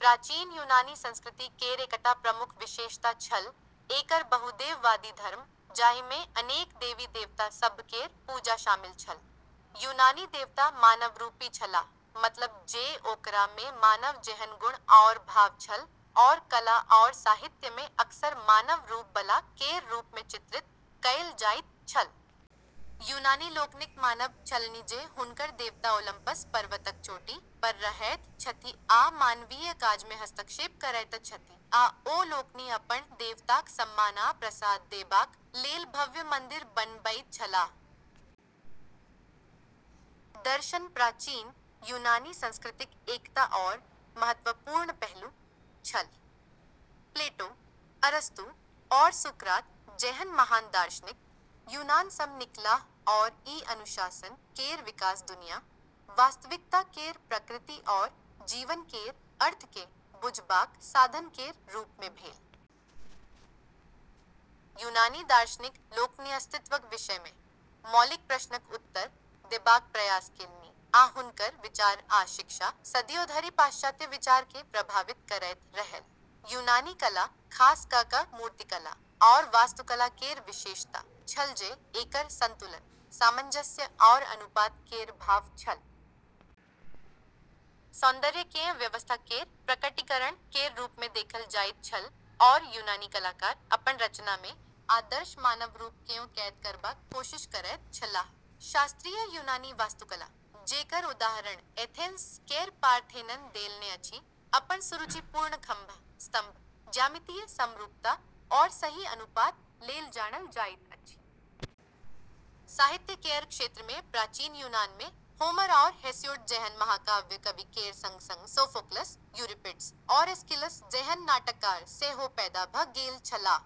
प्राचीन यूनानी संस्कृति केर एकटा प्रमुख विशेषता छल एकर बहुदेववादी धर्म, जाहि मे अनेक देवी-देवता सभ केर पूजा शामिल छल। यूनानी देवता मानवरूपी छलाह, मतलब जे ओकरा मे मानव जेहन गुण आओर भाव छल, आओर कला आओर साहित्य मे अक्सर मानव रूप बला केर रूप मे चित्रित कएल जाइत छल। यूनानी लोकनिक मानब छलनि जे हुनकर देवता ओलंपस पर्वतक चोटी पर रहैत छथि आ मानवीय काज मे हस्तक्षेप करैत छथि, आ ओ लोकनि अपन देवताक सम्मान आ प्रसाद देबाक लेल भव्य मंदिर बनबैत छलाह। दर्शन प्राचीन यूनानी संस्कृतिक एकटा आओर महत्वपूर्ण पहलू छल। प्लेटो, अरस्तू, आओर सुकरात जेहन महान दार्शनिक यूनान सँ निकलाह आओर ई अनुशासन केर विकास दुनिया, वास्तविकता केर प्रकृति आओर जीवन केर अर्थ केँ बुझबाक साधन केर रूप मे भेल। यूनानी दार्शनिक लोकनि अस्तित्वक विषय मे मौलिक प्रश्नक उत्तर देबाक प्रयास केलनि आ हुनकर विचार आ शिक्षा सदियो धरि पाश्चात्य विचार केँ प्रभावित करैत रहल। यूनानी कला, खास कऽ कऽ मूर्तिकला आओर वास्तुकला केर विशेषता छल जे एकर संतुलन, सामंजस्य आओर अनुपात केर भाव छल। सौन्दर्य केँ व्यवस्था केर प्रकटीकरण केर रूप मे देखल जाइत छल, आओर यूनानी कलाकार अपन रचना मे आदर्श मानव रूप केँ कैद करबाक कोशिश करैत छलाह। शास्त्रीय यूनानी वास्तुकला, जेकर उदाहरण एथेंस केर पार्थेनन देलने अछि, अपन सुरुचिपूर्ण खंभा (स्तंभ), ज्यामितीय समरूपता आओर सही अनुपात लेल जानल जाइत अछि। साहित्य केर क्षेत्र मे प्राचीन यूनान मे होमर आओर हेसिओड जेहन महाकाव्य कवि केर संग-संग सोफोक्लस, यूरिपिडस, आओर एस्किलस जेहन नाटककार सेहो पैदा भऽ गेल छलाह।